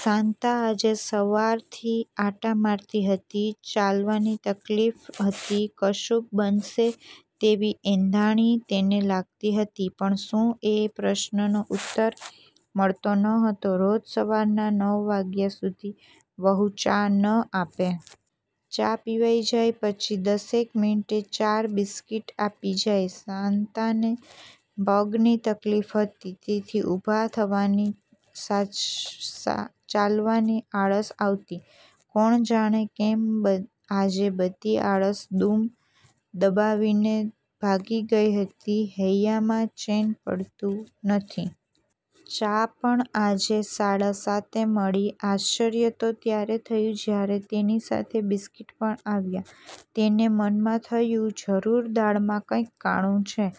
શાંતા આજે સવારથી આંટા મારતી હતી. ચાલવાની તકલીફ હતી. કશુંક બનશે તેવી એંધાણી તેને લાગતી હતી, પણ શું? એ પ્રશ્નનો ઉત્તર મળતો ન હતો. રોજ સવારના નવ વાગ્યા સુધી વહુ ચા ન આપે. ચા પિવાઈ જાય પછી દસેક મિનિટે ચાર બિસ્કિટ આપી જાય. શાંતાને પગની તકલીફ હતી, તેથી ઊભા થઈને ચાલવાની આળસ આવતી. કોણ જાણે કેમ આજે બધી આળસ દુમ દબાવીને ભાગી ગઈ હતી. હૈયામાં ચેન પડતું નહીં. ચા પણ આજે સાડા સાતે મળી. આશ્ચર્ય તો ત્યારે થયું જ્યારે તેની સાથ બિસ્કિટ પણ આવ્યા. તેને મનમાં થયું જરૂર દાળમાં કાંઈ કાળું છે.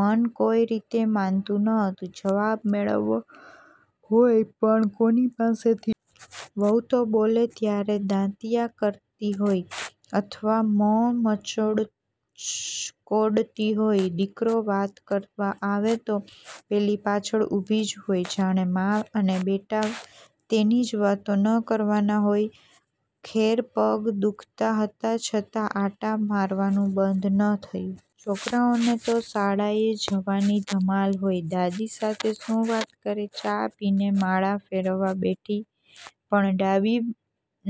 મન કોઈ રીતે માનતું ન હતું. જવાબ મેળવવો હોય પણ કોની પાસેથી? વહુ તો બોલે ત્યારે દાંતિયા કરતી હોય, અથવા મ્હોં મચકોડતી હોય. દીકરો વાત કરવા આવે તો પેલી પાછળ ઊભી જ હોય. જાણે મા અને બેટા તેની જ વાતો ન કરવાના હોય! ખેર પગ દુખતા હતાં છતા આંટા મારવાનું બંધ ન થયું. છોકરાઓને તો શાળાએ જવાની ધમાલ હોય. દાદી સાથે શું વાત કરે? ચા પીને માળા ફેરવવા બેઠી પણ ડાબી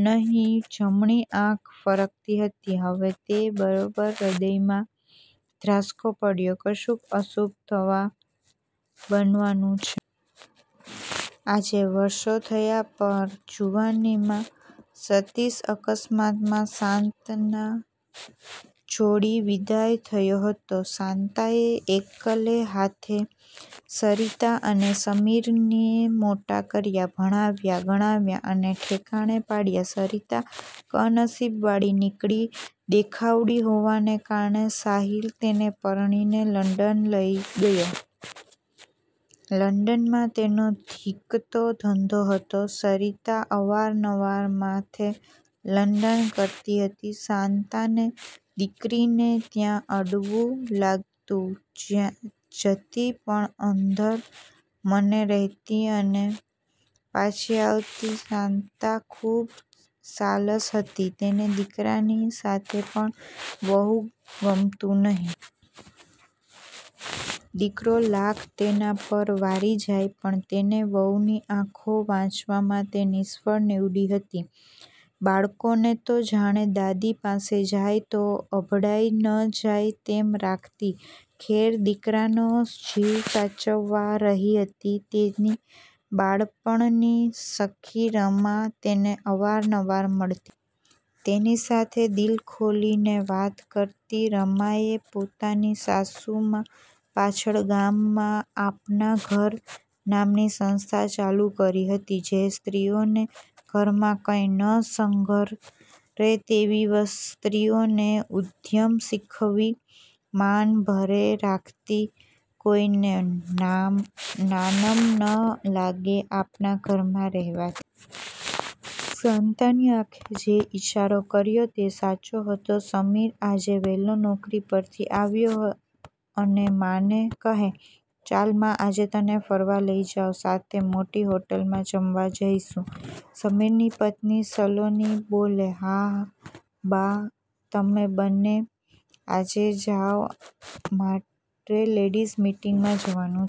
નહીં જમણી આંખ ફરકતી હતી. હવે, તો ખરેખર હ્રદયમાં ધ્રાસકો પડ્યો! કશુંક અશુભ બનવાનું છે. આજે વર્ષો થયા ભર જુવાનીમાં સતીશ, અકસ્માતમાં શાંતાને છોડી વિદાય થયો હતો. શાંતાએ એકલે હાથે સરિતા અને સમીરને મોટા કર્યા. ભણાવ્યા, ગણાવ્યા અને ઠેકાણે પાડ્યા. સરિતા નસીબવાળી નીકળી. દેખાવડી હોવાને કારણે સાહિલ તેને પરણીને લંડન લઈ ગયો. લડંનમાં તેનો ધીકતો ધંધો હતો. સરિતા અવારનવાર માને લંડન લઈ જતી. શાંતાને દીકરીને ત્યાં અડવું લાગતું. જતી પણ અદ્ધર મને રહેતી અને પાછી આવતી. શાંતા ખૂબ સાલસ હતી. તેને દીકરાની સાથે પણ બહુ ગમતું નહી. દીકરો લાખ તેના પર વારી જાય પણ તેની વહુની આંખો વાંચવામાં તે સફળ નિવડી હતી. બાળકોને તો જાણે, દાદી પાસે જાય તો અભડાઈ ન જાય તેમ રાખતી. ખેર, દીકરાનો જીવ સાચવવા રહી હતી. તેની બાળપણની સખી રમા તેને અવારનવાર મળતી. તેની સાથે દિલ ખોલીને વાત કરતી. રમાએ પોતાની સાસુમા પાછળ ગામમાં 'અપના ઘર' નામની સંસ્થા ચાલુ કરી હતી. જે સ્ત્રીઓને ઘરમાં કોઈ ન સંઘરે તેવી સ્ત્રીઓને ઉદ્યમ શીખવી, માન ભેર રાખતી. કોઈને નાનમ ન લાગે અપના ઘરમાં રહેવાથી. શાંતાની આંખે જે ઈશારો કર્યો તે સાચો હતો. સમીર આજે વહેલો નોકરી પરથી આવ્યો, અને માને કહે, "ચાલ મા આજે તને ફરવા લઈ જાઉં. સાથે મોટી હોટલમાં જમવા જઈશું." સમીરની પત્ની સલોની બોલો, "હા, બા તમે બન્ને આજે જાવ મારે લેડીઝ મિટિંગમાં જવાનું છે."